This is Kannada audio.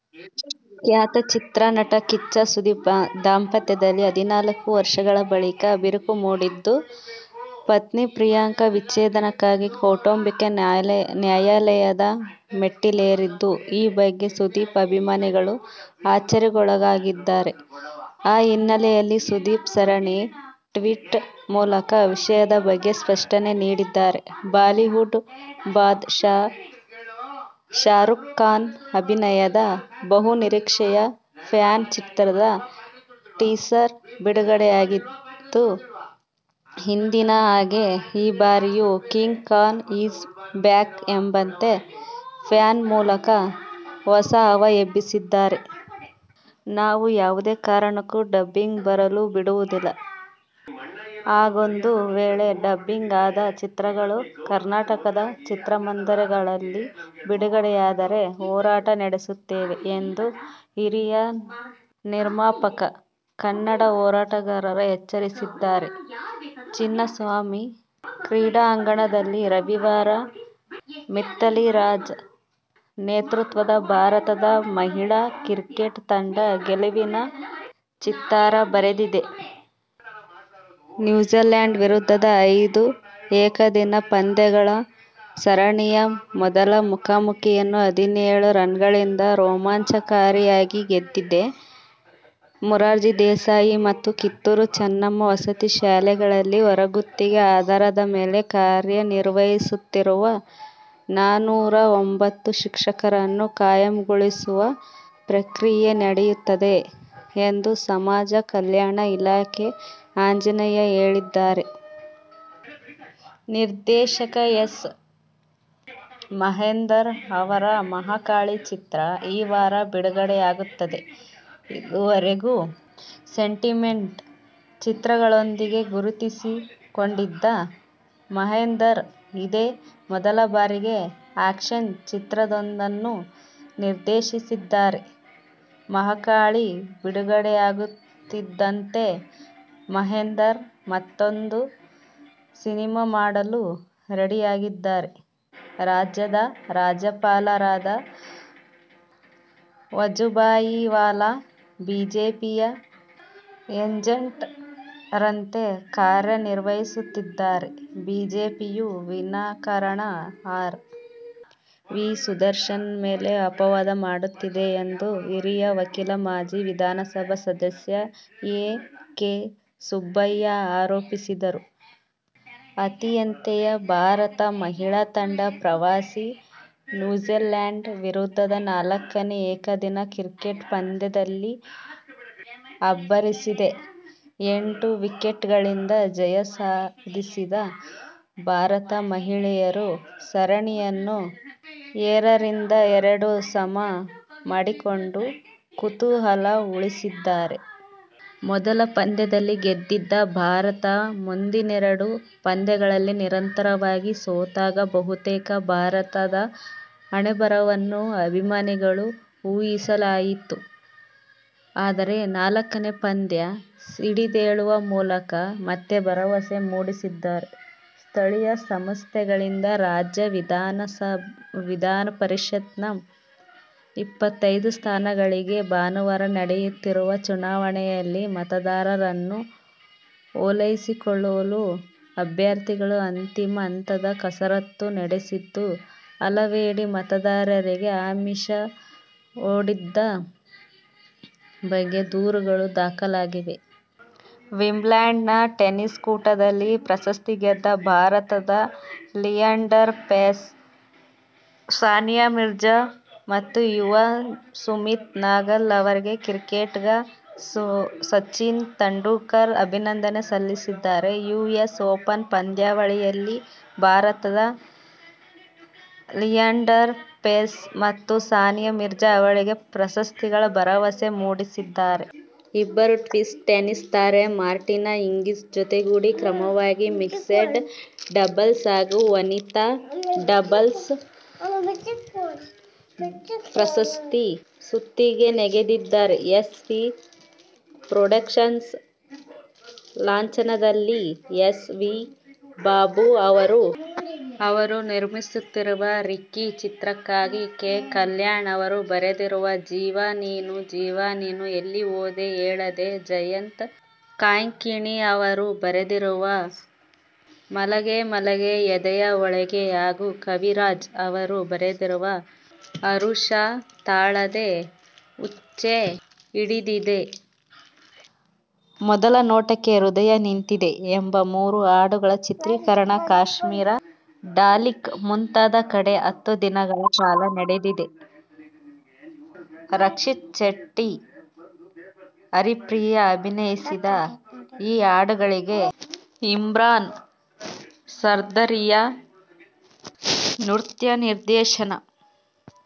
ಖ್ಯಾತ ಚಿತ್ರ ನಟ ಕಿಚ್ಚ ಸುದೀಪ್ ದಾಂಪತ್ಯದಲ್ಲಿ ಹದಿನಾಲ್ಕು ವರ್ಷಗಳ ಬಳಿಕ ಬಿರುಕು ಮೂಡಿದ್ದು, ಪತ್ನಿ ಪ್ರಿಯಾ ವಿಚ್ಛೇದನಕ್ಕಾಗಿ ಕೌಟುಂಬಿಕ ನ್ಯಾಯಾಲಯದ ಮೆಟ್ಟಿಲೇರಿದ್ದು, ಈ ಬಗ್ಗೆ ಸುದೀಪ್ ಅಭಿಮಾನಿಗಳು ಅಚ್ಚರಿಗೊಳಗಾಗಿದ್ದಾರೆ. ಆ ಹಿನ್ನೆಲೆಯಲ್ಲಿ ಸುದೀಪ್ ಸರಣಿ ಟ್ವೀಟ್ ಮೂಲಕ ವಿಷಯದ ಬಗ್ಗೆ ಸ್ಪಷ್ಟನೆ ನೀಡಿದ್ದಾರೆ. ಬಾಲಿವುಡ್ ಬಾದ್'ಶಾ ಶಾರೂಕ್ ಖಾನ್ ಅಭಿನಯದ ಬಹು ನಿರೀಕ್ಷೆಯ ಫ್ಯಾನ್ ಚಿತ್ರದ ಟೀಸರ್ ಬಿಡುಗಡೆಯಾಗಿದ್ದು ಹಿಂದಿನ ಹಾಗೆ ಈ ಬಾರಿಯು ಕಿಂಗ್ ಖಾನ್ ಇಸ್ ಬ್ಯಾಕ್ ಎಂಬಂತೆ ಫ್ಯಾನ್ ಮೂಲಕ ಹೊಸ ಹವಾ ಎಬ್ಬಿಸಿದ್ದಾರೆ. ನಾವು ಯಾವುದೇ ಕಾರಣಕ್ಕೂ ಡಬ್ಬಿಂಗ್ ಬರಲು ಬಿಡುವುದಿಲ್ಲ. ಹಾಗೊಂದು ವೇಳೆ ಡಬ್ಬಿಂಗ್ ಆದ ಚಿತ್ರಗಳು ಕರ್ನಾಟಕದ ಚಿತ್ರಮಂದಿರಗಳಲ್ಲಿ ಬಿಡುಗಡೆಯಾದರೆ, ಹೋರಾಟ ನಡೆಸುತ್ತೇವೆ ಎಂದು ಹಿರಿಯ ನಿರ್ಮಾಪಕ, ಕನ್ನಡ ಹೋರಾಟಗಾರ ಎಚ್ಚರಿಸಿದ್ದಾರೆ. ಚಿನ್ನಸ್ವಾಮಿ ಕ್ರೀಡಾಂಗಣದಲ್ಲಿ ರವಿವಾರ ಮಿಥಾಲಿ ರಾಜ್ ನೇತೃತ್ವದ ಭಾರತದ ಮಹಿಳಾ ಕ್ರಿಕೆಟ್ ತಂಡ ಗೆಲುವಿನ ಚಿತ್ತಾರ ಬರೆದಿದೆ. ನ್ಯೂಜಿಲ್ಯಾಂಡ್ ವಿರುದ್ಧದ ಐದು ಏಕದಿನ ಪಂದ್ಯಗಳ ಸರಣಿಯ ಮೊದಲ ಮುಖಾಮುಖೀಯನ್ನು ಹದಿನೇಳು ರನ್ಗಳಿಂದ ರೋಮಾಂಚಕಾರಿಯಾಗಿ ಗೆದ್ದಿದೆ. ಮೊರಾರ್ಜಿ ದೇಸಾಯಿ ಮತ್ತು ಕಿತ್ತೂರು ಚೆನ್ನಮ್ಮ ವಸತಿ ಶಾಲೆಗಳಲ್ಲಿಹೊರಗುತ್ತಿಗೆ ಆಧಾರದ ಮೇಲೆ ಕಾರ್ಯನಿರ್ವಹಿಸುತ್ತಿರುವ ನನ್ನೂರ ಒಂಬತ್ತು ಶಿಕ್ಷಕರನ್ನು ಕಾಯಂಗೊಳಿಸುವ ಪ್ರಕ್ರಿಯೆ ನಡೆಯುತ್ತಿದೆ ಎಂದು ಸಮಾಜ ಕಲ್ಯಾಣ ಸಚಿವ ಆಂಜನೇಯ ಹೇಳಿದ್ದಾರೆ. ನಿರ್ದೇಶಕ ಎಸ್. ಮಹೇಂದರ್ ಅವರ ಮಹಾಕಾಳಿ ಚಿತ್ರ ಈ ವಾರ ಬಿಡುಗಡೆಯಾಗುತ್ತಿದೆ. ಇದುವರೆಗೂ ಸೆಂಟಿಮೆಂಟ್ ಚಿತ್ರಗಳೊಂದಿಗೆ ಗುರುತಿಸಿಕೊಂಡಿದ್ದ ಮಹೇಂದರ್ ಇದೇ ಮೊದಲ ಬಾರಿಗೆ ಆ್ಯಕ್ಷನ್ ಚಿತ್ರವೊಂದನ್ನು ನಿರ್ದೇಶಿಸಿದ್ದಾರೆ. ಮಹಾಕಾಳಿ ಬಿಡುಗಡೆಯಾಗುತ್ತಿದ್ದಂತೆ ಮಹೇಂದರ್ ಮತ್ತೂಂದು ಸಿನಿಮಾ ಮಾಡಲು ರೆಡಿಯಾಗಿದ್ದಾರೆ. ರಾಜ್ಯದ ರಾಜ್ಯಪಾಲರಾದ ವಜುಭಾಯಿ ವಾಲಾ ಬಿಜೆಪಿಯ ಏಜೆಂಟ್ ರಂತೆ ಕಾರ್ಯನಿರ್ವಹಿಸುತ್ತಿದ್ದಾರೆ, ಬಿಜೆಪಿಯು ವಿನಾಕಾರಣ ಆರ್. ವಿ ಸುದರ್ಶನ್ ಮೇಲೆ ಅಪವಾದ ಮಾಡುತ್ತಿದೆ ಎಂದು ಹಿರಿಯ ವಕೀಲ ಮಾಜಿ ವಿಧಾನ ಸಭಾ ಸದಸ್ಯ ಎ. ಕೆ ಸುಬ್ಬಯ್ಯ ಆರೋಪಿಸಿದರು. ಆತಿಥೇಯ ಭಾರತ ಮಹಿಳಾ ತಂಡ ಪ್ರವಾಸಿ ನ್ಯೂಜಿಲೆಂಡ್ ವಿರುದ್ಧದ ನಾಲ್ಕನೇ ಏಕದಿನ ಕ್ರಿಕೆಟ್ ಪಂದ್ಯದಲ್ಲಿ ಅಬ್ಬರಿಸಿದೆ. ಎಂಟು ವಿಕೆಟ್ಗಳಿಂದ ಜಯ ಸಾಧಿಸಿದ ಭಾರತ ಮಹಿಳೆಯರು ಸರಣಿಯನ್ನು ಎರರಿಂದ ಎರಡು ಸಮ ಮಾಡಿಕೊಂಡು ಕುತೂಹಲ ಉಳಿಸಿದ್ದಾರೆ. ಮೊದಲ ಪಂದ್ಯದಲ್ಲಿ ಗೆದ್ದಿದ್ದ ಭಾರತ ಮುಂದಿನೆರಡು ಪಂದ್ಯಗಳಲ್ಲಿ ನಿರಂತರವಾಗಿ ಸೋತಾಗ ಬಹುತೇಕ ಭಾರತದ ಹಣೆಬರಹವನ್ನು ಅಭಿಮಾನಿಗಳು ಊಹಿಸಿಯಾಗಿತ್ತು. ಆದರೆ ನಾಲ್ಕನೇ ಪಂದ್ಯ ಸಿಡಿದೇಳುವ ಮೂಲಕ ಮತ್ತೆ ಭರವಸೆ ಮೂಡಿಸಿದ್ದಾರೆ. ಸ್ಥಳೀಯ ಸಂಸ್ಥೆಗಳಿಂದ ರಾಜ್ಯ ವಿಧಾನ ಪರಿಷತ್ನ ಇಪ್ಪತ್ತೈದು ಸ್ಥಾನಗಳಿಗೆ ಭಾನುವಾರ ನಡೆಯುತ್ತಿರುವ ಚುನಾವಣೆಯಲ್ಲಿ ಮತದಾರರನ್ನು ಓಲೈಸಿಕೊಳ್ಳಲು ಅಭ್ಯರ್ಥಿಗಳು ಅಂತಿಮ ಹಂತದ ಕಸರತ್ತು ನಡೆಸಿದ್ದು, ಹಲವೆಡೆ ಮತದಾರರಿಗೆ ಆಮಿಷ ಒಡ್ಡಿದ ಬಗ್ಗೆ ದೂರುಗಳು ದಾಖಲಾಗಿವೆ. ವಿಂಬಲ್ಡನ್ ಟೆನಿಸ್ ಕೂಟದಲ್ಲಿ ಪ್ರಶಸ್ತಿ ಗೆದ್ದ ಭಾರತದ ಲಿಯಾಂಡರ್ ಪೇಸ್, ಸಾನಿಯಾ ಮಿರ್ಜಾ ಮತ್ತು ಯುವ ಸುಮಿತ್ ನಗಲ್ ಅವರಿಗೆ ಕ್ರಿಕೆಟಿಗ ಸಚಿನ್ ತೆಂಡುಲ್ಕರ್ ಅಭಿನಂದನೆ ಸಲ್ಲಿಸಿದ್ದಾರೆ. ಯುಎಸ್ ಓಪನ್ ಪಂದ್ಯಾವಳಿಯಲ್ಲಿ ಭಾರತದ ಲಿಯಾಂಡರ್ ಪೇಸ್ ಮತ್ತು ಸಾನಿಯಾ ಮಿರ್ಜಾ ಅವಳಿ ಪ್ರಶಸ್ತಿಗಳ ಭರವಸೆ ಮೂಡಿಸಿದ್ದಾರೆ. ಇಬ್ಬರೂ ಸ್ವಿಸ್ ಟೆನಿಸ್ ತಾರೆ ಮಾರ್ಟಿನಾ ಹಿಂಗಿಸ್ ಜತೆಗೂಡಿ ಕ್ರಮವಾಗಿ ಮಿಕ್ಸೆಡ್ ಡಬಲ್ಸ್ ಹಾಗೂ ವನಿತಾ ಡಬಲ್ಸ್ ಪ್ರಶಸ್ತಿ ಸುತ್ತಿಗೆ ನೆಗೆದಿದ್ದಾರೆ. ಎಸ್. ವಿ. ಪ್ರೊಡಕ್ಷನ್ಸ್ ಲಾಂಛನದಲ್ಲಿ ಎಸ್. ವಿ. ಬಾಬು ಅವರು ನಿರ್ಮಿಸುತ್ತಿರುವ ರಿಕ್ಕಿ ಚಿತ್ರಕ್ಕಾಗಿ ಕೆ. ಕಲ್ಯಾಣ್ ಅವರು ಬರೆದಿರುವ ಜೀವ ನೀನು ಜೀವ ನೀನು ಎಲ್ಲಿ ಹೋದೆ ಹೇಳದೆ, ಜಯಂತ ಕಾಯ್ಕಿಣಿ ಅವರು ಬರೆದಿರುವ ಮಲಗೆ ಮಲಗೆ ಎದೆಯ ಒಳಗೆ ಹಾಗೂ ಕವಿರಾಜ್ ಅವರು ಬರೆದಿರುವ ಹರುಷ ತಾಳದೆ ಹುಚ್ಚೆ ಹಿಡಿದಿದೆ. ಮೊದಲ ನೋಟಕ್ಕೆ ಹೃದಯ ನಿಂತಿದೆ ಎಂಬ ಮೂರು ಹಾಡುಗಳ ಚಿತ್ರೀಕರಣ ಕಾಶ್ಮೀರ, ಡಲ್ಲೇಕ್ ಮುಂತಾದ ಕಡೆ ಹತ್ತು ದಿನಗಳ ಕಾಲ ನಡೆದಿದೆ. ರಕ್ಷಿತ್ ಶೆಟ್ಟಿ, ಹರಿಪ್ರಿಯ ಅಭಿನಯಿಸಿದ ಈ ಹಾಡುಗಳಿಗೆ ಇಮ್ರಾನ್ ಸರ್ದಾರಿಯಾ ನೃತ್ಯ ನಿರ್ದೇಶನ.